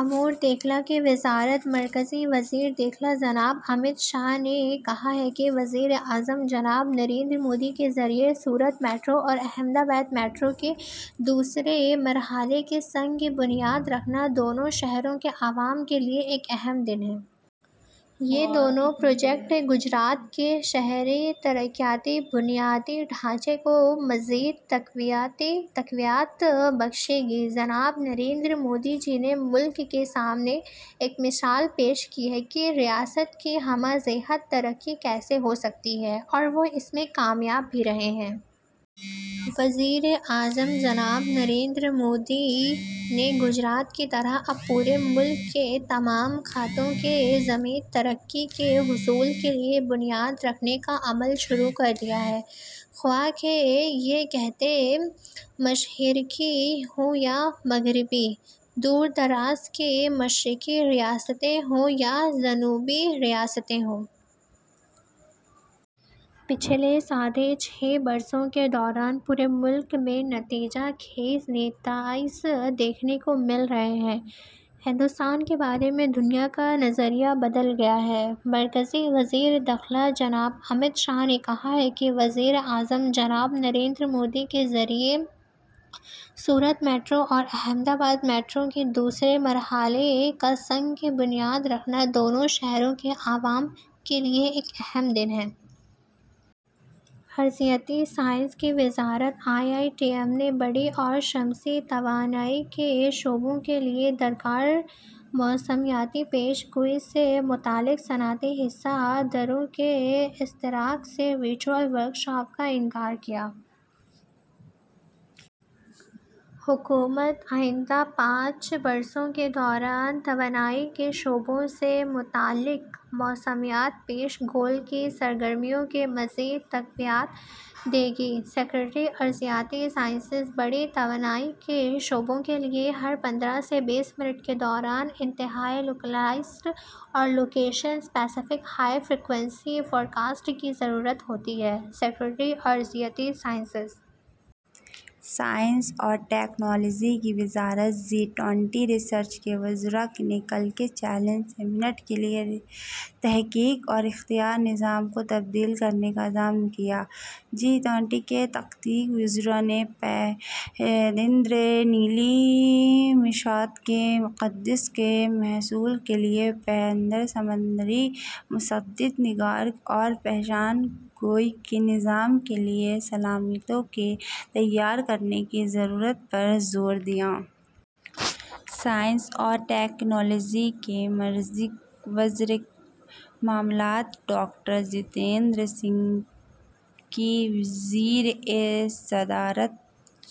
امور داخلہ کی وزارت مرکزی وزیر داخلہ جناب امیت شاہ نے کہا ہے کہ وزیر اعظم جناب نریندر مودی کے ذریعہ سورت میٹرو اور احمد آباد میٹرو کے دوسرے مرحلے کا سنگِ بنیاد رکھنا دونوں شہروں کے عوام کے لیے ایک اہم دن ہے۔ یہ دونوں پروجیکٹ گجرات کے شہری ترقیاتی بنیادی ڈھانچے کو مزید تقویت بخشیں گے۔ جناب نریندر مودی جی نے ملک کے سامنے ایک مثال پیش کی ہے کہ ریاست کی ہمہ جہت ترقی کیسے ہو سکتی ہے اور وہ اس میں کامیاب بھی رہے ہیں۔ وزیر اعظم جناب نریندر مودی نے گجرات کی طرح اب پورے ملک کے تمام خطوں کی جامع ترقی کے حصول کے لیے بنیاد رکھنے کا عمل شروع کر دیا ہے، خواہ یہ خطے مشرقی ہوں یا مغربی، دور دراز کی مشرقی ریاستیں ہوں یا جنوبی ریاستیں ہوں۔ پچھلے ساڑھے چھ برسوں کے دوران پورے ملک میں نتیجہ خیز نتائج دیکھنے کو مل رہے ہیں، ہندوستان کے بارے میں دنیا کا نظریہ بدل گیا ہے۔ مرکزی وزیر داخلہ جناب امیت شاہ نے کہا ہے کہ وزیر اعظم جناب نریندر مودی کے ذریعہ سورت میٹرو اور احمد آباد میٹرو کے دوسرے مرحلے کا سنگِ بنیاد رکھنا دونوں شہروں کے عوام کے لیے ایک اہم دن ہے۔ ارضیاتی سائنس کی وزارت آئی آئی ٹی ایم نے بادی اور شمسی توانائی کے شعبوں کے لیے درکار موسمیاتی پیش گوئی کے متعلق صنعتی حصص داروں کے اشتراک سے ورچوئل ورکشاپ کا انعقاد کیا۔ حکومت آئندہ پانچ برسوں کے دوران توانائی کے شعبے سے متعلق موسمیاتی پیش گوئی کی سرگرمیوں کو مزید تقویت دے گی: سکریٹری ارضیاتی سائنسز۔ بادی توانائی کے شعبے کے لیے ہر پندرہ سے بیس منٹ کے دوران انتہائی لوکلائزڈ اور location specific high frequency forecast کی ضرورت ہوتی ہے: سکریٹری ارضیاتی سائنسز۔ نئی دہلی، چودہ جولائی۔ سائنس اور ٹیکنالوجی کی وزارت جی ٹوئنٹی ریسرچ کے وزراء نے کل کے چیلنجوں سے نمٹنے کے لیے تحقیق اور اختراعی نظام کو تبدیل کرنے کا عزم کیا۔ جی ٹوئنٹی کے تحقیقی وزراء نے پائیدار نیلی معیشت کے مقاصد کے حصول کے لیے پائیدار سمندری مشاہدات، نگرانی اور پیشن گوئی کے نظام کے لیے صلاحیتوں کو تیار کرنے کی ضرورت پر زور دیا۔ سائنس اور ٹیکنالوجی کے مرکزی وزیر مملکت ڈاکٹر جتیندر سنگھ کی زیر صدارت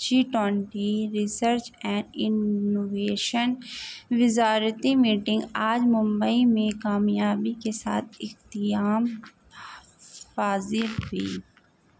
G twenty research and innovation وزارتی میٹنگ آج ممبئی میں کامیابی کے ساتھ اختتام پذیر ہوئی۔